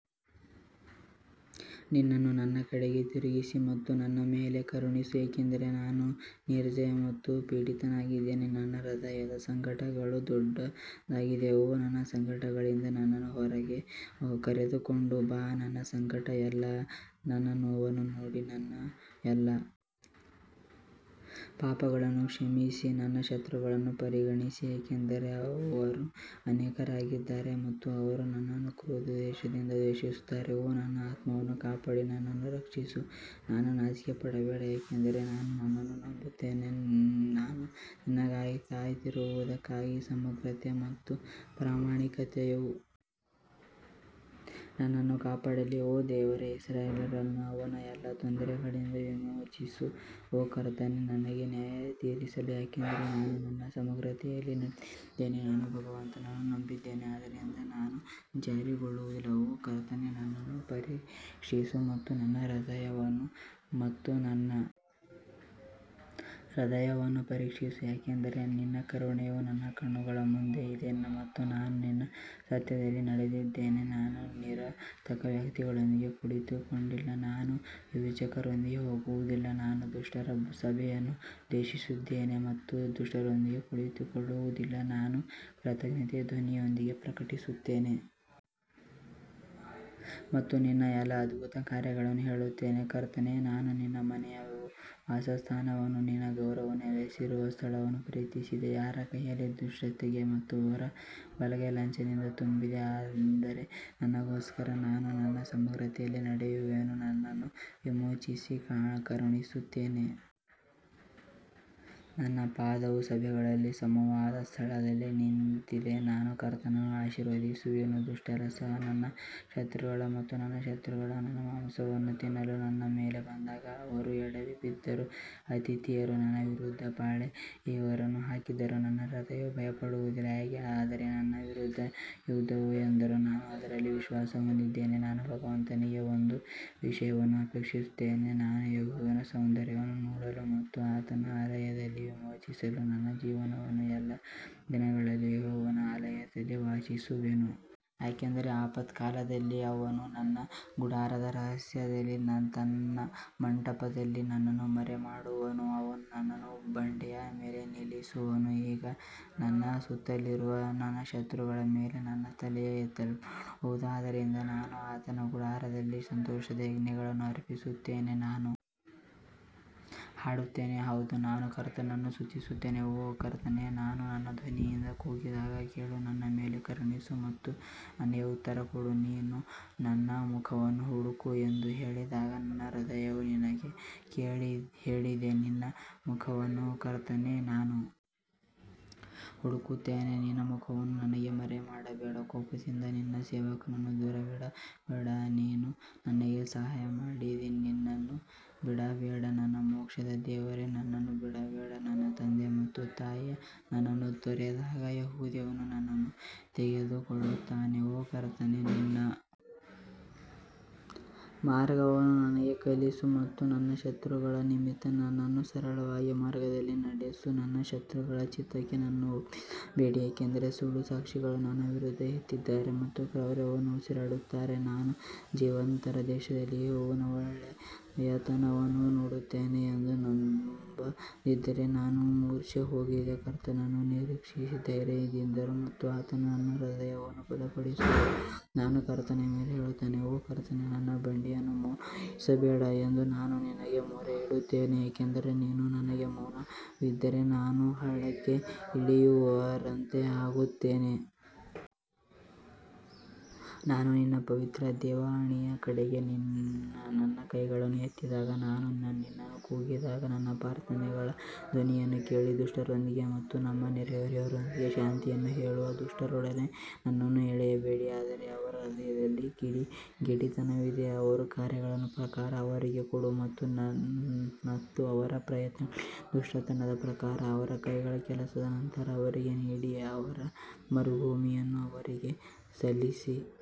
ನಿನ್ನನ್ನು ನನ್ನ ಕಡೆಗೆ ತಿರುಗಿಸಿ ಮತ್ತು ನನ್ನ ಮೇಲೆ ಕರುಣಿಸು, ಏಕೆಂದರೆ ನಾನು ನಿರ್ಜನ ಮತ್ತು ಪೀಡಿತನಾಗಿದ್ದೇನೆ ನನ್ನ ಹೃದಯದ ಸಂಕಟಗಳು ದೊಡ್ಡದಾಗಿದೆ ಓ ನನ್ನ ಸಂಕಟಗಳಿಂದ ನನ್ನನ್ನು ಹೊರಗೆ ಕರೆದುಕೊಂಡು ಬಾ ನನ್ನ ಸಂಕಟ ಮತ್ತು ನನ್ನ ನೋವನ್ನು ನೋಡಿ ಮತ್ತು ನನ್ನ ಎಲ್ಲಾ ಪಾಪಗಳನ್ನು ಕ್ಷಮಿಸಿ ನನ್ನ ಶತ್ರುಗಳನ್ನು ಪರಿಗಣಿಸಿ ಏಕೆಂದರೆ ಅವರು ಅನೇಕರಿದ್ದಾರೆ ಮತ್ತು ಅವರು ನನ್ನನ್ನು ಕ್ರೂರ ದ್ವೇಷದಿಂದ ದ್ವೇಷಿಸುತ್ತಾರೆ ಓ ನನ್ನ ಆತ್ಮವನ್ನು ಕಾಪಾಡಿ ಮತ್ತು ನನ್ನನ್ನು ರಕ್ಷಿಸು, ನಾನು ನಾಚಿಕೆಪಡಬೇಡ, ಏಕೆಂದರೆ ನಾನು ನಿನ್ನನ್ನು ನಂಬುತ್ತೇನೆ ನಾನು ನಿನಗಾಗಿ ಕಾಯುತ್ತಿರುವುದಕ್ಕಾಗಿ ಸಮಗ್ರತೆ ಮತ್ತು ಪ್ರಾಮಾಣಿಕತೆಯು ನನ್ನನ್ನು ಕಾಪಾಡಲಿ ಓ ದೇವರೇ ಇಸ್ರಾಯೇಲ್ಯರನ್ನು ಅವನ ಎಲ್ಲಾ ತೊಂದರೆಗಳಿಂದ ವಿಮೋಚಿಸು ಓ ಕರ್ತನೇ ನನಗೆ ನ್ಯಾಯತೀರಿಸು ಯಾಕಂದರೆ ನಾನು ನನ್ನ ಸಮಗ್ರತೆಯಲ್ಲಿ ನಡೆದಿದ್ದೇನೆ ನಾನು ಭಗವಂತನನ್ನು ನಂಬಿದ್ದೇನೆ ಆದ್ದರಿಂದ ನಾನು ಜಾರಿಕೊಳ್ಳುವುದಿಲ್ಲ ಓ ಕರ್ತನೇ ನನ್ನನ್ನು ಪರೀಕ್ಷಿಸು ಮತ್ತು ನನ್ನ ಹೃದಯವನ್ನು ಮತ್ತು ನನ್ನ ಹೃದಯವನ್ನು ಪರೀಕ್ಷಿಸು ಯಾಕಂದರೆ ನಿನ್ನ ಕರುಣೆಯು ನನ್ನ ಕಣ್ಣುಗಳ ಮುಂದೆ ಇದೆ ಮತ್ತು ನಾನು ನಿನ್ನ ಸತ್ಯದಲ್ಲಿ ನಡೆದಿದ್ದೇನೆ ನಾನು ನಿರರ್ಥಕ ವ್ಯಕ್ತಿಗಳೊಂದಿಗೆ ಕುಳಿತುಕೊಂಡಿಲ್ಲ ಮತ್ತು ನಾನು ವಿಭಜಕರೊಂದಿಗೆ ಹೋಗುವುದಿಲ್ಲ ನಾನು ದುಷ್ಟರ ಸಭೆಯನ್ನು ದ್ವೇಷಿಸಿದ್ದೇನೆ ಮತ್ತು ದುಷ್ಟರೊಂದಿಗೆ ಕುಳಿತುಕೊಳ್ಳುವುದಿಲ್ಲ ನಾನು ಕೃತಜ್ಞತೆಯ ಧ್ವನಿಯೊಂದಿಗೆ ಪ್ರಕಟಿಸುತ್ತೇನೆ ಮತ್ತು ನಿನ್ನ ಎಲ್ಲಾ ಅದ್ಭುತ ಕಾರ್ಯಗಳನ್ನು ಹೇಳುತ್ತೇನೆ ಕರ್ತನೇ ನಾನು ನಿನ್ನ ಮನೆಯ ವಾಸಸ್ಥಾನವನ್ನೂ ನಿನ್ನ ಗೌರವವು ನೆಲೆಸಿರುವ ಸ್ಥಳವನ್ನೂ ಪ್ರೀತಿಸಿದೆ ಯಾರ ಕೈಯಲ್ಲಿ ದುಷ್ಕೃತ್ಯವಿದೆ ಮತ್ತು ಅವರ ಬಲಗೈ ಲಂಚದಿಂದ ತುಂಬಿದೆ ಆದರೆ ನನಗೋಸ್ಕರ ನಾನು ನನ್ನ ಸಮಗ್ರತೆಯಲ್ಲಿ ನಡೆಯುವೆನು, ನನ್ನನ್ನು ವಿಮೋಚಿಸಿ ಕರುಣಿಸುತ್ತೇನೆ ನನ್ನ ಪಾದವು ಸಭೆಗಳಲ್ಲಿ ಸಮವಾದ ಸ್ಥಳದಲ್ಲಿ ನಿಂತಿದೆ ನಾನು ಕರ್ತನನ್ನು ಆಶೀರ್ವದಿಸುವೆನು ದುಷ್ಟರು ಸಹ ನನ್ನ ಶತ್ರುಗಳು ಮತ್ತು ನನ್ನ ಶತ್ರುಗಳು ನನ್ನ ಮಾಂಸವನ್ನು ತಿನ್ನಲು ನನ್ನ ಮೇಲೆ ಬಂದಾಗ ಅವರು ಎಡವಿ ಬಿದ್ದರು ಆತಿಥೇಯರು ನನ್ನ ವಿರುದ್ಧ ಪಾಳೆಯವನ್ನು ಹಾಕಿದರೂ ನನ್ನ ಹೃದಯವು ಭಯಪಡುವುದಿಲ್ಲ, ಆದರೆ ನನ್ನ ವಿರುದ್ಧ ಯುದ್ಧವು ಎದ್ದರೂ ನಾನು ಅದರಲ್ಲಿ ವಿಶ್ವಾಸ ಹೊಂದಿದ್ದೇನೆ ನಾನು ಭಗವಂತನಿಂದ ಒಂದು ವಿಷಯವನ್ನು ಅಪೇಕ್ಷಿಸುತ್ತೇನೆ, ನಾನು ಯೆಹೋವನ ಸೌಂದರ್ಯವನ್ನು ನೋಡಲು ಮತ್ತು ಆತನ ಆಲಯದಲ್ಲಿ ವಿಚಾರಿಸಲು ನನ್ನ ಜೀವನದ ಎಲ್ಲಾ ದಿನಗಳಲ್ಲಿ ಯೆಹೋವನ ಆಲಯದಲ್ಲಿ ವಾಸಿಸುವೆನು. ಯಾಕಂದರೆ ಆಪತ್ಕಾಲದಲ್ಲಿ ಅವನು ತನ್ನ ಗುಡಾರದ ರಹಸ್ಯದಲ್ಲಿ ತನ್ನ ಮಂಟಪದಲ್ಲಿ ನನ್ನನ್ನು ಮರೆಮಾಡುವನು, ಅವನು ನನ್ನನ್ನು ಬಂಡೆಯ ಮೇಲೆ ನಿಲ್ಲಿಸುವನು ಮತ್ತು ಈಗ ನನ್ನ ಸುತ್ತಲಿರುವ ನನ್ನ ಶತ್ರುಗಳ ಮೇಲೆ ನನ್ನ ತಲೆಯು ಎತ್ತಲ್ಪಡುವದು ಆದ್ದರಿಂದ ನಾನು ಆತನ ಗುಡಾರದಲ್ಲಿ ಸಂತೋಷದ ಯಜ್ಞಗಳನ್ನು ಅರ್ಪಿಸುತ್ತೇನೆ ನಾನು ಹಾಡುತ್ತೇನೆ ಹೌದು ನಾನು ಕರ್ತನನ್ನು ಸ್ತುತಿಸುತ್ತೇನೆ ಓ ಕರ್ತನೇ ನಾನು ನನ್ನ ಧ್ವನಿಯಿಂದ ಕೂಗಿದಾಗ ಕೇಳು, ನನ್ನ ಮೇಲೆ ಕರುಣಿಸು ಮತ್ತು ನನಗೆ ಉತ್ತರ ಕೊಡು ನೀನು ನನ್ನ ಮುಖವನ್ನು ಹುಡುಕು ಎಂದು ಹೇಳಿದಾಗ ನನ್ನ ಹೃದಯವು ನಿನಗೆ ಹೇಳಿದೆ ನಿನ್ನ ಮುಖವನ್ನು ಕರ್ತನೇ ನಾನು ಹುಡುಕುತ್ತೇನೆ ನಿನ್ನ ಮುಖವನ್ನು ನನಗೆ ಮರೆಮಾಡಬೇಡ ಕೋಪದಿಂದ ನಿನ್ನ ಸೇವಕನನ್ನು ದೂರವಿಡಬೇಡ, ನೀನು ನನಗೆ ಸಹಾಯ ಮಾಡಿದ್ದೀ, ನನ್ನನ್ನು ಬಿಡಬೇಡ, ನನ್ನ ಮೋಕ್ಷದ ದೇವರೇ, ನನ್ನನ್ನು ಬಿಡಬೇಡ ನನ್ನ ತಂದೆ ಮತ್ತು ನನ್ನ ತಾಯಿ ನನ್ನನ್ನು ತೊರೆದಾಗ ಯೆಹೋವನು ನನ್ನನ್ನು ತೆಗೆದುಕೊಳ್ಳುತ್ತಾನೆ ಓ ಕರ್ತನೇ ನಿನ್ನ ಮಾರ್ಗವನ್ನು ನನಗೆ ಕಲಿಸು ಮತ್ತು ನನ್ನ ಶತ್ರುಗಳ ನಿಮಿತ್ತ ನನ್ನನ್ನು ಸರಳವಾದ ಮಾರ್ಗದಲ್ಲಿ ನಡೆಸು ನನ್ನ ಶತ್ರುಗಳ ಚಿತ್ತಕ್ಕೆ ನನ್ನನ್ನು ಒಪ್ಪಿಸಬೇಡಿ ಏಕೆಂದರೆ ಸುಳ್ಳು ಸಾಕ್ಷಿಗಳು ನನ್ನ ವಿರುದ್ಧ ಎದ್ದಿದ್ದಾರೆ ಮತ್ತು ಕ್ರೌರ್ಯವನ್ನು ಉಸಿರಾಡುತ್ತಾರೆ ನಾನು ಜೀವಂತರ ದೇಶದಲ್ಲಿ ಯೆಹೋವನ ಒಳ್ಳೆಯತನವನ್ನು ನೋಡುತ್ತೇನೆ ಎಂದು ನಂಬದಿದ್ದರೆ ನಾನು ಮೂರ್ಛೆ ಹೋಗಿದ್ದೆ ಕರ್ತನನ್ನು ನಿರೀಕ್ಷಿಸಿ ಧೈರ್ಯದಿಂದಿರು ಮತ್ತು ಆತನು ನಿನ್ನ ಹೃದಯವನ್ನು ಬಲಪಡಿಸುವನು, ನಾನು ಕರ್ತನ ಮೇಲೆ ಹೇಳುತ್ತೇನೆ ಓ ಕರ್ತನೇ ನನ್ನ ಬಂಡೆಯನ್ನು ಮೌನವಾಗಿರಿಸಬೇಡ ಎಂದು ನಾನು ನಿನಗೆ ಮೊರೆಯಿಡುತ್ತೇನೆ, ಏಕೆಂದರೆ ನೀನು ನನಗೆ ಮೌನವಾಗಿದ್ದರೆ ನಾನು ಹಳ್ಳಕ್ಕೆ ಇಳಿಯುವವರಂತೆ ಆಗುತ್ತೇನೆ. ನಾನು ನಿನ್ನ ಪವಿತ್ರ ದೇವವಾಣಿಯ ಕಡೆಗೆ ನನ್ನ ಕೈಗಳನ್ನು ಎತ್ತಿದಾಗ ನಾನು ನಿನ್ನನ್ನು ಕೂಗಿದಾಗ ನನ್ನ ಪ್ರಾರ್ಥನೆಗಳ ಧ್ವನಿಯನ್ನು ಕೇಳಿ ದುಷ್ಟರೊಂದಿಗೆ ಮತ್ತು ತಮ್ಮ ನೆರೆಹೊರೆಯವರೊಂದಿಗೆ ಶಾಂತಿಯನ್ನು ಹೇಳುವ ದುಷ್ಟರೊಡನೆ ನನ್ನನ್ನು ಎಳೆಯಬೇಡಿ ಆದರೆ ಅವರ ಹೃದಯದಲ್ಲಿ ಕಿಡಿಗೇಡಿತನವಿದೆ. ಅವರ ಕಾರ್ಯಗಳ ಪ್ರಕಾರ ಅವರಿಗೆ ಕೊಡು ಮತ್ತು ಅವರ ಪ್ರಯತ್ನಗಳ ದುಷ್ಟತನದ ಪ್ರಕಾರ ಅವರ ಕೈಗಳ ಕೆಲಸದ ನಂತರ ಅವರಿಗೆ ನೀಡಿ ಅವರ ಮರುಭೂಮಿಯನ್ನು ಅವರಿಗೆ ಸಲ್ಲಿಸಿ.